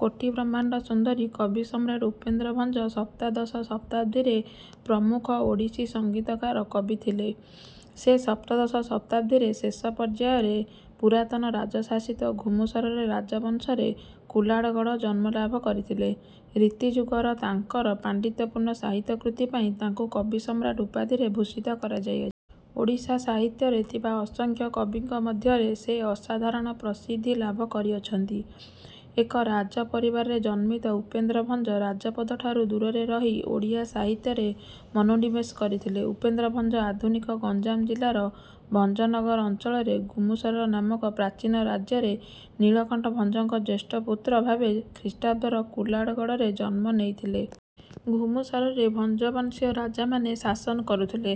କୋଟି ବ୍ରହ୍ମାଣ୍ଡ ସୁନ୍ଦରୀ କବି ସମ୍ରାଟ ଉପେନ୍ଦ୍ର ଭଞ୍ଜ ସପ୍ତଦଶ ଶତାବ୍ଦୀର ପ୍ରମୁଖ ଓଡ଼ିଶୀ ସଙ୍ଗୀତକାର କବି ଥିଲେ। ସେ ସପ୍ତଦଶ ଶତାବ୍ଦୀର ଶେଷ ପର୍ଯ୍ୟାୟରେ ପୁରାତନ ରାଜଶାସିତ ଘୁମୁସରର ରାଜବଂଶରେ କୁଲାଡ଼ଗଡଜନ୍ମଲାଭ କରିଥିଲେ। ରୀତିଯୁଗର ତାଙ୍କର ପାଣ୍ଡିତ୍ୟପୂର୍ଣ୍ଣ ସାହିତ୍ୟ କୃତି ପାଇଁ ତାଙ୍କୁ କବି ସମ୍ରାଟ ଉପାଧିରେ ଭୂଷିତ କରାଯାଇଅଛି। ଓଡ଼ିଆ ସାହିତ୍ୟରେ ଥିବା ଅସଂଖ୍ୟ କବିଙ୍କ ମଧ୍ୟରେ ସେ ଅସାଧାରଣ ପ୍ରସିଦ୍ଧି ଲାଭ କରିଅଛନ୍ତି। ଏକ ରାଜ ପରିବାରରେ ଜନ୍ମିତ ଉପେନ୍ଦ୍ର ଭଞ୍ଜ ରାଜପଦଠାରୁ ଦୂରରେ ରହି ଓଡ଼ିଆ ସାହିତ୍ୟରେ ମନୋନିବେଶ କରିଥିଲେ। ଉପେନ୍ଦ୍ର ଭଞ୍ଜ ଆଧୁନିକ ଗଞ୍ଜାମ ଜିଲ୍ଲାର ଭଞ୍ଜନଗର ଅଞ୍ଚଳରେ ଗୁମୁସର ନାମକ ପ୍ରାଚୀନ ରାଜ୍ୟରେ ନୀଳକଣ୍ଠ ଭଞ୍ଜଙ୍କ ଜ୍ୟେଷ୍ଠପୁତ୍ର ଭାବେ ଖ୍ରୀଷ୍ଟାବ୍ଦର କୁଲାଡଗଡ଼ରେ ଜନ୍ମନେଇଥିଲେ। ଘୁମୁସରରେ ଭଞ୍ଜବଂଶୀୟ ରାଜାମାନେ ଶାସନ କରୁଥିଲେ।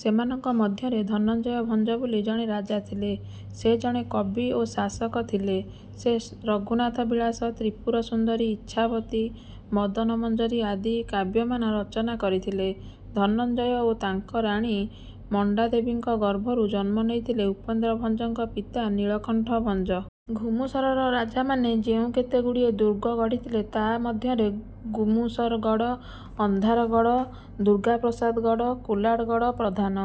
ସେମାନଙ୍କ ମଧ୍ୟରେ ଧନଞ୍ଜୟ ଭଞ୍ଜ ବୋଲି ଜଣେ ରାଜା ଥିଲେ। ସେ ଜଣେ କବି ଓ ଶାସକ ଥିଲେ। ସେ ରଘୁନାଥ ବିଳାସ, ତ୍ରିପୁର ସୁନ୍ଦରୀ, ଇଚ୍ଛାବତୀ, ମଦନମଞ୍ଜରୀ ଆଦି କାବ୍ୟମାନ ରଚନା କରିଥିଲେ। ଧନଞ୍ଜୟ ଓ ତାଙ୍କ ରାଣୀ ମଣ୍ଡାଦେବୀଙ୍କ ଗର୍ଭରୁ ଜନ୍ମ ନେଇଥିଲେ ଉପେନ୍ଦ୍ର ଭଞ୍ଜଙ୍କ ପିତା ନୀଳକଣ୍ଠ ଭଞ୍ଜ। ଘୁମୁସରର ରାଜାମାନେ ଯେଉଁ କେତେଗୁଡିଏ ଦୁର୍ଗ ଗଢ଼ିଥିଲେ ତା' ମଧ୍ୟରେ ଗୁମୁସରଗଡ଼, ଅନ୍ଧାରଗଡ଼, ଦୁର୍ଗାପ୍ରସାଦଗଡ଼, କୁଲାଡଗଡ଼ ପ୍ରଧାନ।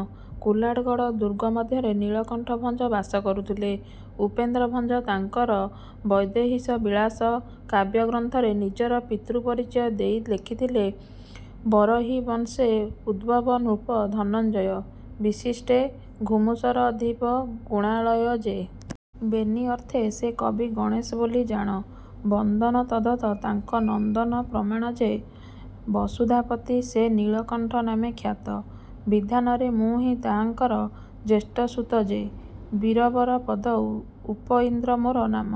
କୁଲାଡଗଡ଼ ଦୁର୍ଗମଧ୍ୟରେ ନୀଳକଣ୍ଠ ଭଞ୍ଜ ବାସ କରୁଥିଲେ। ଉପେନ୍ଦ୍ର ଭଞ୍ଜ ତାଙ୍କର ''ବୈଦେହୀଶ ବିଳାସ'' କାବ୍ୟଗ୍ରନ୍ଥରେ ନିଜର ପିତୃପରିଚୟ ଦେଇ ଲେଖିଥିଲେ: ବରହିବଂଶେ ଉଦ୍ଭବ ନୃପ-ଧନଞ୍ଜୟ। ବିଶିଷ୍ଟେ ଘୁମୁସରଅଧିପ ଗୁଣାଳୟ ଯେ।। ବେନି ଅର୍ଥେ ସେ କବି ଗଣେଶ ବୋଲି ଜାଣ। ବନ୍ଦନ ତଦ୍ଧତ ତାଙ୍କ ନନ୍ଦନ ପ୍ରମାଣ ଯେ।। ବସୁଧାପତି ସେ ନୀଳକଣ୍ଠ ନାମେ ଖ୍ୟାତ। ବିଧାନରେ ମୁଁ ହିଁ ତାହାଙ୍କର ଜ୍ୟେଷ୍ଠସୁତ ଯେ।। ବୀରବର ପଦ ଉପଇନ୍ଦ୍ର ମୋର ନାମ।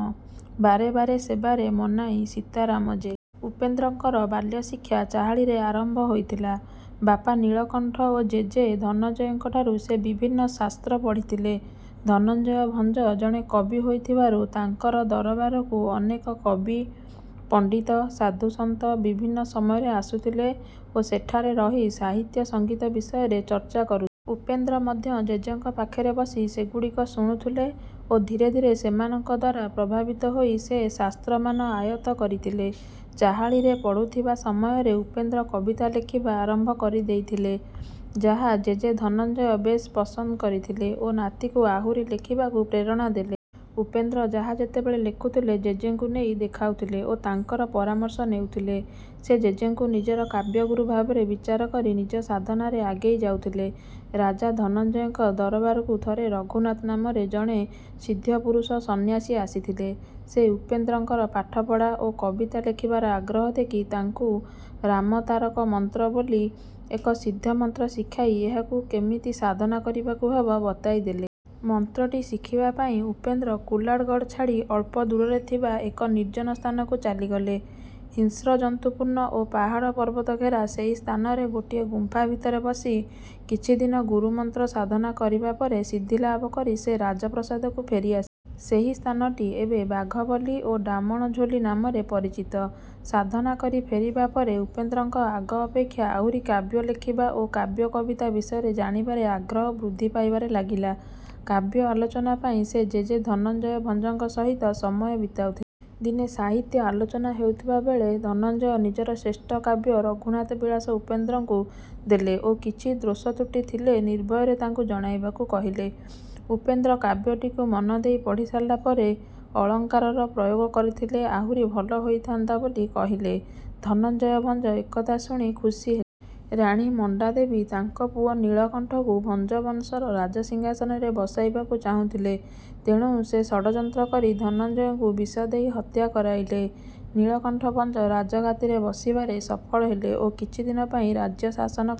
ବାରେ ବାରେ ସେବାରେ ମନାଇଁ ସୀତାରାମ ଯେ।। ଉପେନ୍ଦ୍ରଙ୍କର ବାଲ୍ୟଶିକ୍ଷା ଚାହାଳୀରେ ଆରମ୍ଭ ହୋଇଥିଲା। ବାପା ନୀଳକଣ୍ଠ ଓ ଜେଜେ ଧନଞ୍ଜୟଙ୍କଠାରୁ ସେ ବିଭିନ୍ନ ଶାସ୍ତ୍ର ପଢ଼ିଥିଲେ। ଧନଞ୍ଜୟ ଭଞ୍ଜ ଜଣେ କବି ହୋଇଥିବାରୁ ତାଙ୍କ ଦରବାରକୁ ଅନେକ କବି, ପଣ୍ଡିତ, ସାଧୁସନ୍ଥ ବିଭିନ୍ନ ସମୟରେ ଆସୁଥିଲେ ଓ ସେଠାରେ ରହି ସାହିତ୍ୟ ସଙ୍ଗୀତ ବିଷୟରେ ଚର୍ଚ୍ଚା କରୁଥିଲେ। ଉପେନ୍ଦ୍ର ମଧ୍ୟ ଜେଜେଙ୍କ ପାଖରେ ବସି ସେଗୁଡିକ ଶୁଣୁଥିଲେ ଓ ଧୀରେ ଧୀରେ ସେମାନଙ୍କଦ୍ୱାରା ପ୍ରଭାବିତ ହୋଇ ସେ ଶାସ୍ତ୍ରମାନ ଆୟତ୍ତ କରିଥିଲେ। ଚାହାଳୀରେ ପଢୁଥିବା ସମୟରେ ଉପେନ୍ଦ୍ର କବିତା ଲେଖିବା ଆରମ୍ଭ କରି ଦେଇଥିଲେ ଯାହା ଜେଜେ ଧନଞ୍ଜୟ ବେଶ୍ ପସନ୍ଦ କରିଥିଲେ ଓ ନାତିକୁ ଆହୁରି ଲେଖିବାକୁ ପ୍ରେରଣା ଦେଲେ। ଉପେନ୍ଦ୍ର ଯାହା ଯେତେବେଳେ ଲେଖୁଥିଲେ ଜେଜେଙ୍କୁ ନେଇ ଦେଖାଉଥିଲେ ଓ ତାଙ୍କର ପରାମର୍ଶ ନେଉଥିଲେ। ସେ ଜେଜେଙ୍କୁ ନିଜର କାବ୍ୟଗୁରୁ ଭାବରେ ବିଚାର କରି ନିଜ ସାଧନାରେ ଆଗେଇ ଯାଉଥିଲେ। ରାଜା ଧନଞ୍ଜୟଙ୍କ ଦରବାରକୁ ଥରେ ରଘୁନାଥ ନାମରେ ଜଣେ ସିଦ୍ଧପୁରୁଷ ସନ୍ୟାସୀ ଆସିଥିଲେ। ସେ ଉପେନ୍ଦ୍ରଙ୍କର ପାଠପଢ଼ା ଓ କବିତା ଲେଖିବାର ଆଗ୍ରହ ଦେଖି ତାଙ୍କୁ "ରାମ ତାରକ ମନ୍ତ୍ର" ବୋଲି ଏକ ସିଦ୍ଧ ମନ୍ତ୍ର ଶିଖାଇ ଏହାକୁ କେମିତି ସାଧନା କରିବାକୁ ହେବ ବତାଇଦେଲେ। ମନ୍ତ୍ରଟି ଶିଖିବା ପାଇଁ ଉପେନ୍ଦ୍ର କୁଲାଡ଼ଗଡ଼ ଛାଡ଼ି ଅଳ୍ପ ଦୂରରେ ଥିବା ଏକ ନିର୍ଜନ ସ୍ଥାନକୁ ଚାଲିଗଲେ। ହିଂସ୍ରଜନ୍ତୁପୂର୍ଣ୍ଣ ଓ ପାହାଡ ପର୍ବତଘେରା ସେହି ସ୍ଥାନରେ ଗୋଟିଏ ଗୁମ୍ଫା ଭିତରେ ବସି କିଛିଦିନ ଗୁରୁମନ୍ତ୍ର ସାଧନା କରିବାପରେ ସିଦ୍ଧିଲାଭ କରି ସେ ରାଜପ୍ରସାଦକୁ ଫେରି ଆସିଲେ। ସେହି ସ୍ଥାନଟି ଏବେ "ବାଘବଲି" ଓ "ଡାମଣ ଝୋଲି" ନାମରେ ପରିଚିତ। ସାଧନା କରି ଫେରିବା ପରେ ଉପେନ୍ଦ୍ରଙ୍କର ଆଗ ଅପେକ୍ଷା ଆହୁରି କାବ୍ୟ ଲେଖିବା ଓ କାବ୍ୟକବିତା ବିଷୟରେ ଜାଣିବାରେ ଆଗ୍ରହ ବୃଦ୍ଧି ପାଇବାରେ ଲାଗିଲା। କାବ୍ୟ ଆଲୋଚନା ପାଇଁ ସେ ଜେଜେ ଧନଞ୍ଜୟ ଭଞ୍ଜଙ୍କ ସହିତ ସମୟ ବିତାଉଥିଲେ। ଦିନେ ସାହିତ୍ୟ ଆଲୋଚନା ହେଉଥିଲା ବେଳେ ଧନଞ୍ଜୟ ନିଜର ଶ୍ରେଷ୍ଠ କାବ୍ୟ ରଘୁନାଥ ବିଳାସ ଉପେନ୍ଦ୍ରଙ୍କୁ ଦେଲେ ଓ କିଛି ଦୋଷତ୍ରୁଟି ଥିଲେ ନିର୍ଭୟରେ ତାଙ୍କୁ ଜଣାଇବାକୁ କହିଲେ। ଉପେନ୍ଦ୍ର କାବ୍ୟଟିକୁ ମନଦେଇ ପଢ଼ିସାରିଲାପରେ ଅଳଙ୍କାରର ପ୍ରୟୋଗ କରିଥିଲେ ଆହୁରି ଭଲ ହୋଇଥାନ୍ତା ବୋଲି କହିଲେ, ଧନଞ୍ଜୟ ଭଞ୍ଜ ଏକଥା ଶୁଣି ଖୁସି ହେଲେ। ରାଣୀ ମଣ୍ଡାଦେବୀ ତାଙ୍କ ପୁଅ ନୀଳକଣ୍ଠଙ୍କୁ ଭଞ୍ଜବଂଶର ରାଜସିଂହାସନରେ ବସାଇବାକୁ ଚାହୁଁଥିଲେ, ତେଣୁ ସେ ଷଡଯନ୍ତ୍ର କରି ଧନଞ୍ଜୟଙ୍କୁ ବିଷ ଦେଇ ହତ୍ୟା କରାଇଲେ। ନୀଳକଣ୍ଠ ଭଞ୍ଜ ରାଜଗାଦିରେ ବସିବାରେ ସଫଳ ହେଲେ ଓ କିଛିଦିନ ପାଇଁ ରାଜ୍ୟଶାସନ କଲେ।